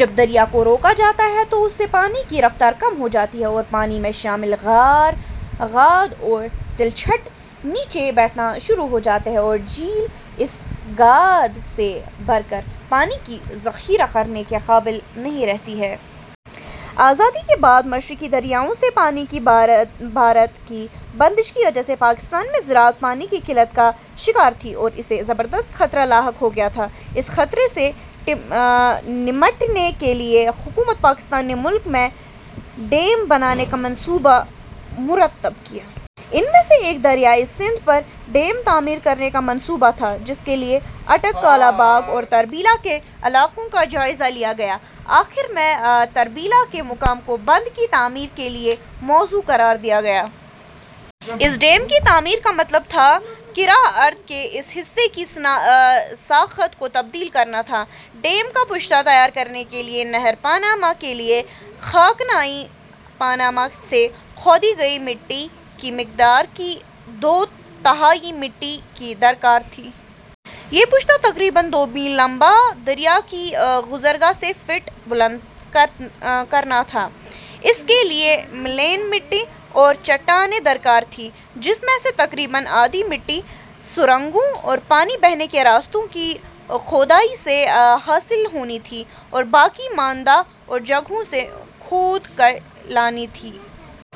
جب دریا کو روکا جاتا ہے تو اس سے پانی کی رفتار کم ہوجاتی ہے اور پانی میں شامل گاد اور تلچھٹ نیچے بیٹھنا شروع ہوجاتی ہے اور جھیل اس گاد سے بھر کر پانی کا ذخیرہ کرنے کے قابل نہیں رہتی ہے۔ آزادی کے بعد مشرقی دریاؤں سے پانی کی بھارت کی بندش کی وجہ سے پاکستان میں زراعت پانی کی قلت کا شکار تھی اور اسے زبردست خطرہ لاحق ہو گیا تھا۔ اس خطرے سے نمٹنے کے لیے حکومت پاکستان نے ملک میں ڈیم بنانے کا منصوبہ مرتب کیا۔ ان میں سے ایک دریائے سندھ پر ڈیم تعمیر کرنے کا منصوبہ تھا۔ جس کے لیے اٹک، کالاباغ اور تربیلا کے علاقوں کا جائزہ لیا گیا۔ آخر ء میں تربیلا کے مقام کو بند کی تعمیر کے لیے موزوں قرار دیا گیا۔ اس ڈیم کی تعمیر کا مطلب تھا کرہ ارض کے اس حصہ کی ساخت کو تبدیل کرنا تھا۔ ڈیم کا پشتہ تیار کرنے کے لیے نہر پانامہ کے لیے خاکنائے پانامہ سے کھودی گئی مٹی کی مقدار کی دو تہائی مٹی کی درکار تھی۔ یہ پشتہ تقریباً دو میل لمبا اور دریا کی گذر گاہ سے فٹ بلند کرنا تھا۔ اس کے لیے ملین مٹی اور چٹانیں درکار تھیں۔ جس میں سے تقریباً آدھی مٹی سرنگوں اور پانی بہنے کے راستوں کی کھودائی سے حاصل ہونی تھی اور باقی ماندہ اور جگہوں سے کھود کر لانی تھی۔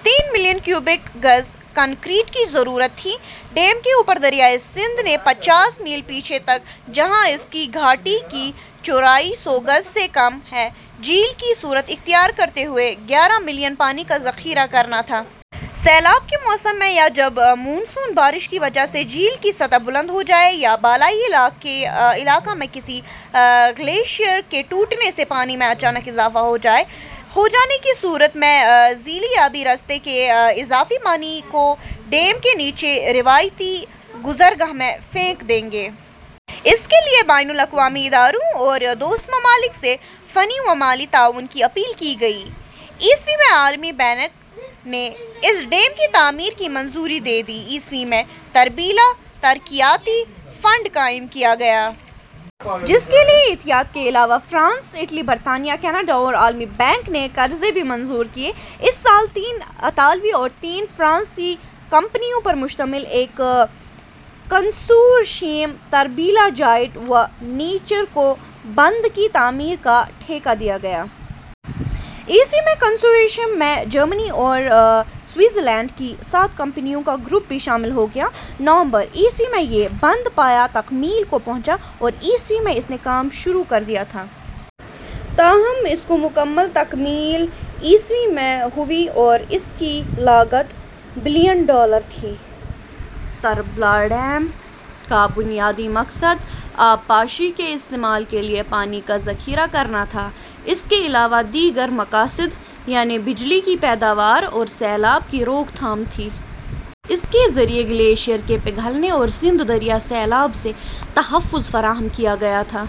تین ملین کیوبک گز کنکریٹ کی ضرورت تھی۔ ڈیم کے اوپر دریائے سندھ نے پچاس میل پیچھے تک جہاں اس کی گھاٹی کی چورائی سو گز سے کم ہے جھیل کی صورت اختیار کرتے ہوئے گیارہ ملین پانی کا ذخیرہ کرنا تھا۔ سیلاب کے موسم میں یا جب مون سون بارش کی وجہ سے جھیل کی سطح بلند ہوجائے یا بالائی علاقہ میں کسی گلیشر کے ٹوٹنے سے پانی میں اچانک اضافہ ہوجانے کی صورت میں ذیلی آبی راستے کے اضافی پانی کو ڈیم کے نیچے روایتی گزرگاہ میں پھینک دیں گے۔ اس کے لیے بین الاقوامی اداروں اور دوست ممالک سے فنی و مالی تعاون کی اپیل کی گئی۔ ء میں عالمی بینک نے اس ڈیم کی تعمیر کی منظوری دے دی۔ ء میں تربیلا ترقیاتی فنڈ قائم کیا گیا۔ جس کے لیے عطیات کے علاوہ فرانس، اٹلی، برطانیہ، کینڈا اور عالمی بینک نے قرضے بھی منظور کیے۔ اسی سال تین اطالوی اور تین فرانسیسی کمپنیوں پر مشتمل ایک consortium Tarbela joint venture کو بند کی تعمیر کا ٹھیکا دیا گیا۔ ء میں کنسورشیم میں جرمنی اور سوءٹزرلینڈ کی سات کمپنیوں کا گروپ بھی شامل ہو گیا۔ نومبر ء میں یہ بند پایہَ تکمیل کو پہنچا اور ء میں اس نے کام شروع کر دیا تھا۔ تاہم اس کو مکمل تکمیل ء میں ہوئی اور اس کی لاگت بلین ڈالر تھی۔ تربلا ڈیم کا بنیادی مقصد آبپاشی کے استعمال کے لیے پانی کا ذخیرہ کرنا تھا۔ اس کے علاوہ دیگر مقاصد یعنی بجلی کی پیداوار اور سیلاب کی روک تھام تھی۔ اس کے ذریعہ گلیشر کے پگھلنے اور سندھ دریا سیلاب سے تحفظ فراہم کیا گیا تھا۔